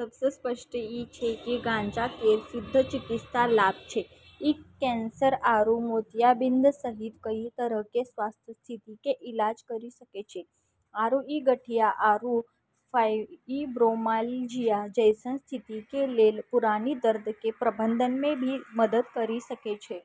सबसऽ स्पष्ट ई छै कि गांजा केरऽ सिद्ध चिकित्सा लाभ छै ।ई कैंसर आरू मोतियाबिंद सहित कई तरह के स्वास्थ्य स्थिति के इलाज करी सकै छै आरू ई गठिया आरू फाइब्रोमायल्जिया जैसनऽ स्थिति के लेलऽ पुरानी दर्द के प्रबंधन मे भी मदद करी सकै छै।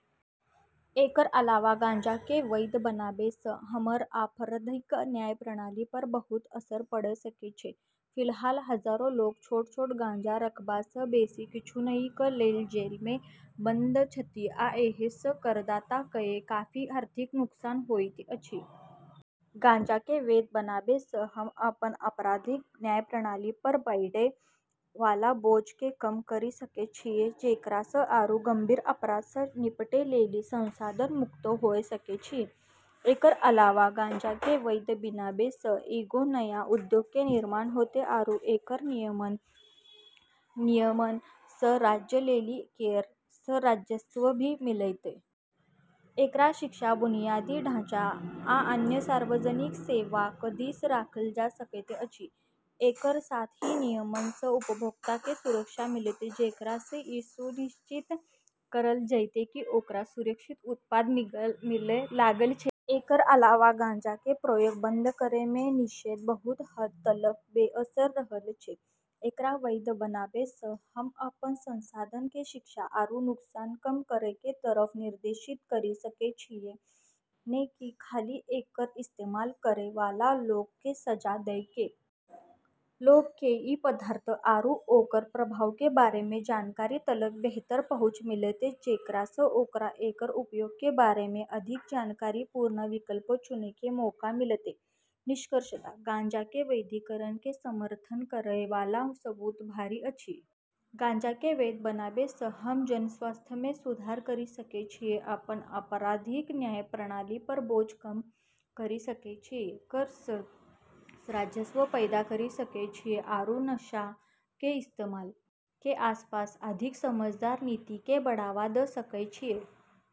एकरऽ अलावा गांजा के वैध बनाबै सऽ हमरऽ आपराधिक न्याय प्रणाली पर बहुत असर पड़ऽ सकै छै। फिलहाल हजारो लोक छोट-छोट गांजा रखबा सऽ बेसी किछु नहि कऽ लेल जेल मे बंद छथि आ एहि सऽ करदाता कए काफी आर्थिक नुकसान होइत अछि। गांजा के वैध बनाबै सऽ हम्म अपनऽ आपराधिक न्याय प्रणाली पर पड़ै वाला बोझ के कम करी सकै छियै जेकरा सऽ आरू गंभीर अपराध सऽ निपटै लेली संसाधन मुक्त होय सकै छियै। एकरऽ अलावा गांजा के वैध बनाबै सऽ एगो नया उद्योग के निर्माण होतै आरू एकरऽ नियमन सऽ राज्यऽ लेली कर सऽ राजस्व भी मिलतै। एकरा शिक्षा बुनियादी ढांचा आ अन्य सार्वजनिक सेवाक दिस राखल जा सकैत अछि। एकरऽ साथ ही नियमन सऽ उपभोक्ता के सुरक्षा मिलतै जेकरा सऽ ई सुनिश्चित करलऽ जैतै कि ओकरा सुरक्षित उत्पाद मिलऽ लगलऽ छै। एकरऽ अलावा गांजा के प्रयोग बंद करै मऽ निषेध बहुत हद तलक बेअसर रहलऽ छै। एकरा वैध बनाबै सऽ हम्म अपनऽ संसाधन के शिक्षा आरू नुकसान कम करै के तरफ निर्देशित करी सकै छियै नै कि खाली एकरऽ इस्तेमाल करै वाला लोगऽ के सजा दै के। लोगऽ के ई पदार्थ आरू ओकरऽ प्रभाव के बारे मे जानकारी तलक बेहतर पहुँच मिलतै जेकरा सऽ ओकरा एकरऽ उपयोग के बारे मे अधिक जानकारीपूर्ण विकल्प चुनै के मौका मिलतै। निष्कर्षतः गांजा के वैधीकरण के समर्थन करय वाला सबूत भारी अछि। गांजा के वैध बनाबै सऽ हम्म जनस्वास्थ्य मे सुधार करी सकै छियै अपनऽ आपराधिक न्याय प्रणाली पर बोझ कम करी सकै छियै कर सऽ राजस्व पैदा करी सकै छियै आरू नशा के इस्तेमाल के आसपास अधिक समझदार नीति के बढ़ावा दऽ सकै छियै